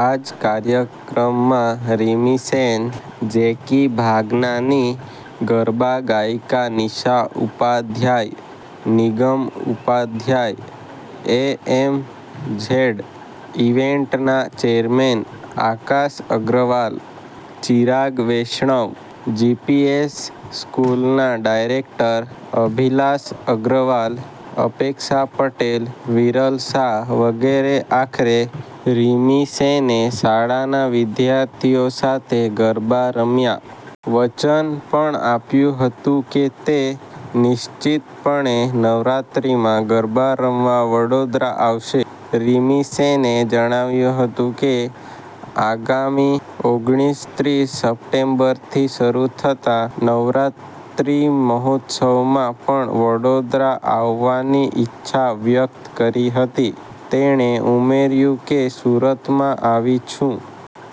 આ જ કાર્યક્રમમાં રિમિ સેન, જેકી ભાગનાની, ગરબા ગાયિકા Nisha Upadhyay Nigam Upadhyay, A. M. Z ઇવેન્ટના ચેરમેન આકાશ અગ્રવાલ, ચિરાગ વૈષ્ણવ, જીપીએસ સ્કૂલના ડાયરેક્ટર અભિલાષા અગ્રવાલ, અપેક્ષા પટેલ, વિરલ શાહ, વગેરે. આખરે રિમિ સેને શાળાના વિદ્યાર્થીઓ સાથે ગરબા રમ્યા. વચન પણ આપ્યું હતું કે તે નિશ્ચિતપણે નવરાત્રીમાં ગરબા રમવા વડોદરા આવશે. રિમી સેને જણાવ્યું હતું કે, આગામી ઓગણત્રીસ સપ્ટેમ્બરથી શરૂ થતા નવરાત્રિ મહોત્સવમાં પણ વડોદરા આવવાની ઇચ્છા વ્યક્ત કરી હતી. તેણે ઉમેર્યું કે, સુરતમાં આવી છું.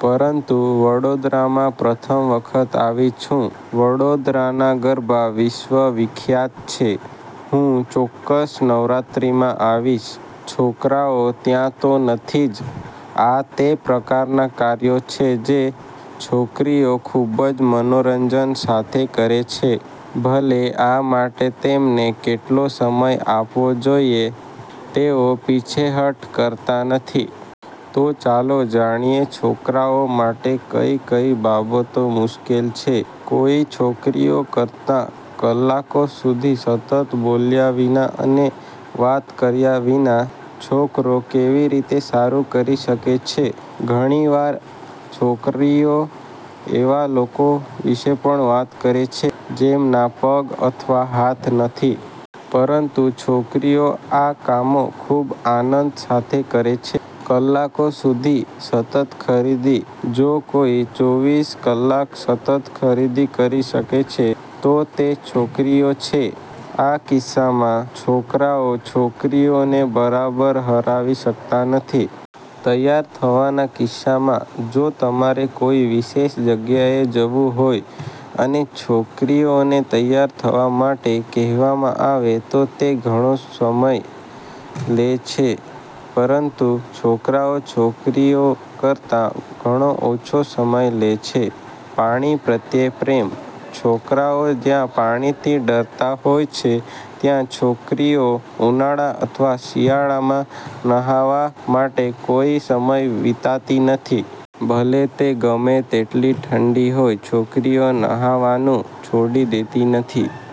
પરંતુ વડોદરામાં પ્રથમ વખત આવી છું. વડોદરાના ગરબા વિશ્વ વિખ્યાત છે. હું ચોક્કસ નવરાત્રિમાં આવીશ. છોકરાઓ ત્યાં તો નથી જ. આ તે પ્રકારનાં કાર્યો છે જે છોકરીઓ ખૂબ જ મનોરંજન સાથે કરે છે, ભલે આ માટે તેમને કેટલો સમય આપવો જોઇએ, તેઓ પીછેહઠ કરતા નથી. તો ચાલો જાણીએ છોકરાઓ માટે કઈ કઈ બાબતો મુશ્કેલ છે: કોઈ છોકરીઓ કરતાં કલાકો સુધી સતત બોલ્યા વિના અને વાત કર્યા વિના, છોકરો કેવી રીતે સારું કરી શકે છે. ઘણી વાર છોકરીઓ એવા લોકો વિશે પણ વાત કરે છે જેમના પગ અથવા હાથ નથી. પરંતુ છોકરીઓ આ કામો ખૂબ આનંદ સાથે કરે છે. કલાકો સુધી સતત ખરીદી: જો કોઈ ચોવીસ કલાક સતત ખરીદી કરી શકે છે, તો તે છોકરીઓ છે. આ કિસ્સામાં, છોકરાઓ છોકરીઓને બરાબર હરાવી શકતા નથી. તૈયાર થવાના કિસ્સામાં: જો તમારે કોઈ વિશેષ જગ્યાએ જવું હોય અને છોકરીઓને તૈયાર થવા માટે કહેવામાં આવે, તો તે ઘણો સમય લે છે. પરંતુ છોકરાઓ છોકરીઓ કરતા ઘણો ઓછો સમય લે છે. પાણી પ્રત્યે પ્રેમ: છોકરાઓ જ્યાં પાણીથી ડરતા હોય છે, ત્યાં છોકરીઓ ઉનાળા અથવા શિયાળામાં ન્હાવા માટે કોઈ સમય વિતાતી નથી. ભલે તે ગમે તેટલી ઠંડી હોય, છોકરીઓ નહાવાનું છોડી દેતી નથી.